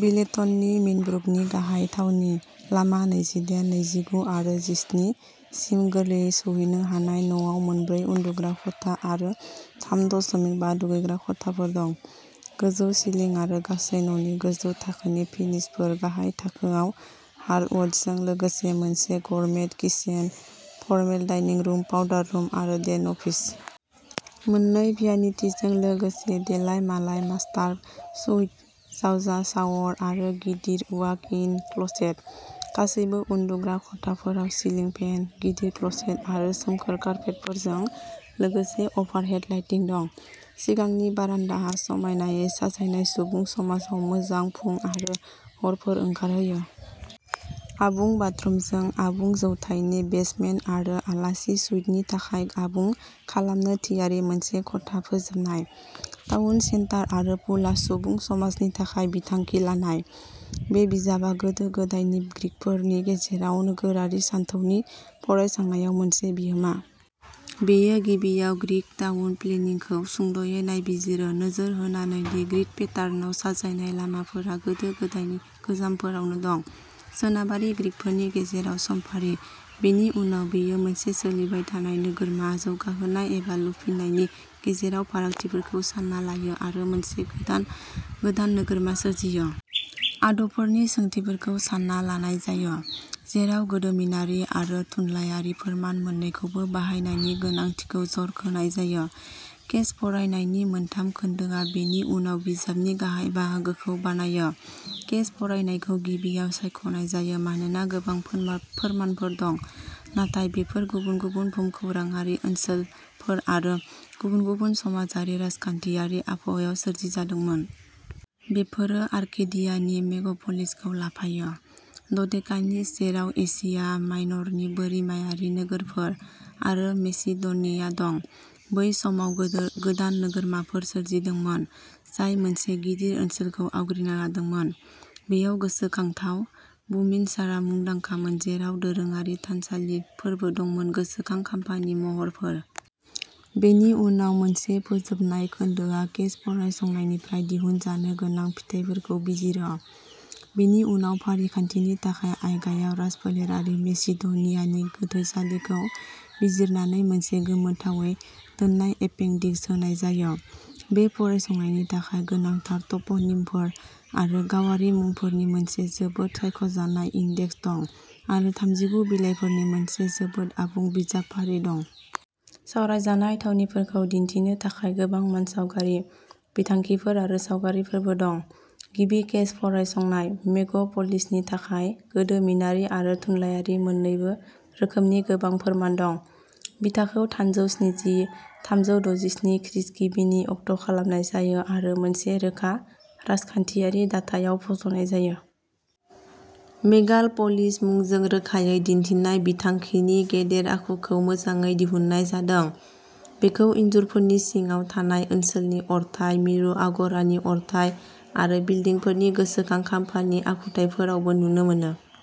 बिलेटननि मिन्टब्रुकनि गाहाय थावनि। लामा नैजिदायेन, नैजिगु, आरो जिस्नि सिम गोरलैयै सौहैनो हानाय न'आव मोन ब्रै उन्दुग्रा खथा आरो थाम दशमिक बा दुगैग्रा खथाफोर दं। गोजौ सिलिं आरो गासै न'नि गोजौ थाखोनि फिनिशफोर। गाहाय थाखोआव हार्डवुडजों लोगोसे मोनसे gourmet kitchen, formal dining room, powder room आरो डेन अफिस। मोननै भ्यानिटिजों लोगोसे देलायमालाय मास्टार सुइट, जावजा शावर, आरो गिदिर वाक-इन क्लोसेट। गासैबो उन्दुग्रा खथाफोराव सिलिं फेन, गिदिर क्लोसेट आरो सोमखोर कार्पेटफोरजों लोगोसे अभारहेड लाइटिं दं। सिगांनि बारान्दाआ समायनायै साजायनाय सुबुं समाजाव मोजां फुं आरो हरफोर ओंखारहोयो। आबुं बाथरुमजों आबुं जौथायनि बेसमेन्ट आरो आलासि सुइटनि थाखाय आबुं खालामनो थियारि मोनसे खथा फोजोबनाय। टाउन सेन्टार आरो पुलआ सुबुं समाजनि थाखाय बिथांखि लानाय। बे बिजाबआ गोदो-गोदायनि ग्रीकफोरनि गेजेराव नोगोरारि सानथौनि फरायसंनायाव मोनसे बिहोमा। बेयो गिबियाव ग्रीक टाउन-प्लेनिंखौ सुंद'यै नायबिजिरो, नोजोर होनानै दि ग्रिड पेटार्नाव साजायनाय लामाफोरा गोदो-गोदायनि गोजामफोरावनो दं। सोनाबारि ग्रीकफोरनि गेजेराव समफारि। बेनि उनाव बेयो मोनसे सोलिबाय थानाय नोगोरमा जौगाहोनाय एबा लुफिन्नायनि गेजेराव फारागथिफोरखौ सान्ना लायो आरो मोनसे गोदान नोगोरमा सोरजियो। आदबफोरनि सोंथिफोरखौ सान्ना लानाय जायो, जेराव गोदोमिनारि आरो थुनलायारि फोरमान मोन्नैखौबो बाहायनायनि गोनांथिखौ जर होनाय जायो। केस-फरायनायनि मोनथाम खोन्दोआ बेनि उनाव बिजाबनि गाहाय बाहागोखौ बानायो। केस-फरायनायखौ गिबियाव सायख'नाय जायो मानोना गोबां फोरमानफोर दं, नाथाय बेफोरो गुबुन-गुबुन भुमखौराङारि ओनसोलफोर आरो गुबुन-गुबुन समाजारि-राजखान्थियारि आबहावायाव सोरजिजादोंमोन। बेफोरो आर्केडियानि मेग'पलिसखौ लाफायो डडेकानिज, जेराव एसिया माइनरनि बोरिमायारि नोगोरफोर, आरो मेसिड'निया दं। बै समाव गोदान नोगोरमाफोर सोरजिदोंमोन जाय मोनसे गिदिर ओनसोलखौ आवग्रिना लादोंमोन। बेयाव गोसोखांथाव बुमिनसारआ मुंदांखामोन, जेराव दोरोङारि थानसालिफोरबो दंमोन गोसोखां खाम्फानि महरफोर। बेनि उनाव मोनसे फोजोबनाय खोन्दोआ केस-फरायसंनायनिफ्राय दिहुनजानो गोनां फिथाइफोरखौ बिजिरो। बेनि उनाव फारिखान्थिनि थाखाय आइगाइआव राजफोलेरारि मेसिड' नियानि गोथैसालिखौ बिजिरनानै मोनसे गोमोथावै दोननाय एपेंडिक्स होनाय जायो। बे फरायसंनायनि थाखाय गोनांथार ट'प'निमफोर आरो गावारि मुंफोरनि मोनसे जोबोद सायख'जानाय इन्डेक्स दं, आरो थामजिगु बिलाइफोरनि मोनसे जोबोद आबुं बिजाब फारि दं। सावरायजानाय थावनिफोरखौ दिन्थिनो थाखाय गोबां मानसावगारि, बिथांखिफोर आरो सावगारिफोरबो दं। गिबि केस-फरायसंनाय, मेग' पलिसनि थाखाय, गोदोमिनारि आरो थुनलायारि मोन्नैबो रोखोमनि गोबां फोरमान दं। बिथाखौ थानजौ स्निजि-थामजौ दजिस्नि खृष्टगिबिनि अक्ट'खालामनाय जायो आरो मोनसे रोखा राजखान्थियारि दाथायाव फज'नाय जायो। मेगाल पलिस मुंजों रोखायै दिन्थिनाय बिथांखिनि गेदेर आखुखौ मोजाङै दिहुननाय जादों। बेखौ इनजुरफोरनि सिङाव थानाय ओनसोलनि अरथाइ, मिरु आग'रानि अरथाइ, आरो बिल्डिंफोरनि गोसोखां खाम्फानि आखुथायफोरावबो नुनो मोनो।